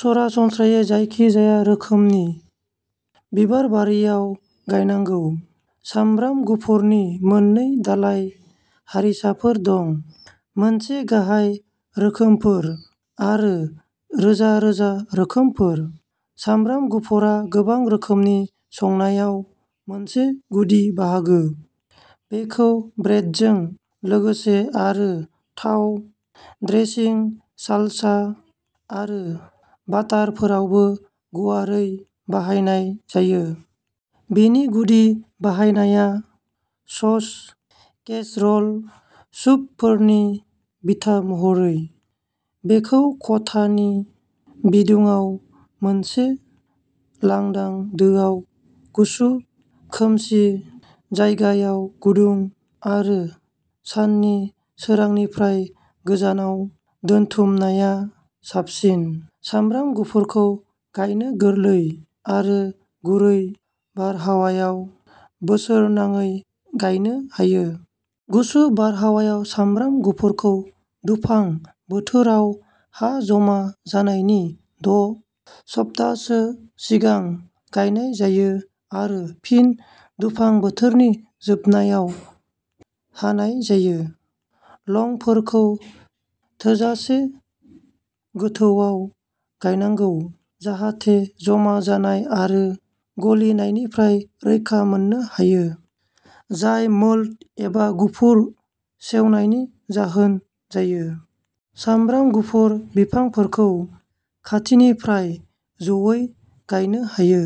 सरासनस्रायै जायखिजाया रोखोमनि बिबारबारियाव गायनांगौ। सामब्राम गुफुरनि मोननै दालाय हारिसाफोर दं, मोनसे गाहाय रोखोमफोर, आरो रोजा रोजा रोखोमफोर। सामब्राम गुफुरआ गोबां रोखोमनि संनायाव मोनसे गुदि बाहागो। बेखौ ब्रेडजों लोगोसे आरो थाव, ड्रेसिं, सालसा आरो बाटारफोरावबो गुवारै बाहायनाय जायो। बेनि गुदि बाहायनाया सस, केसरल, सुपफोरनि बिथा महरै। बेखौ खथानि बिदुङाव मोनसे लांदां दोआव गुसु, खोमसि जायगायाव गुदुं आरो साननि सोरांनिफ्राय गोजानाव दोनथुमनाया साबसिन। सामब्राम गुफुरखौ गायनो गोरलै आरो गुरै बारहावायाव बोसोरनाङै गायनो हायो। गुसु बारहावायाव सामब्राम गुफुरखौ दुफां बोथोराव हा जमा जानायनि द' सप्ताहसो सिगां गायनाय जायो आरो फिन उदां बोथोरनि जोबनायाव हानाय जायो। लंफोरखौ थोजासे गोथौआव गायनांगौ जाहाथे जमा जानाय आरो गलिनायनिफ्राय रैखा मोननो हायो, जाय मोल्ड एबा गुफुर सेवनायनि जाहोन जायो। सामब्राम गुफुर बिफांफोरखौ खाथिनिफ्राय जयै गायनो हायो,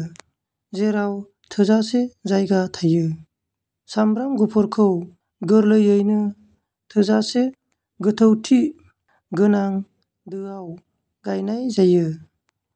जेराव थोजासे जायगा थायो। सामब्राम गुफुरखौ गोरलैयैनो थोजासे गोथौथि गोनां दोआव गायनाय जायो।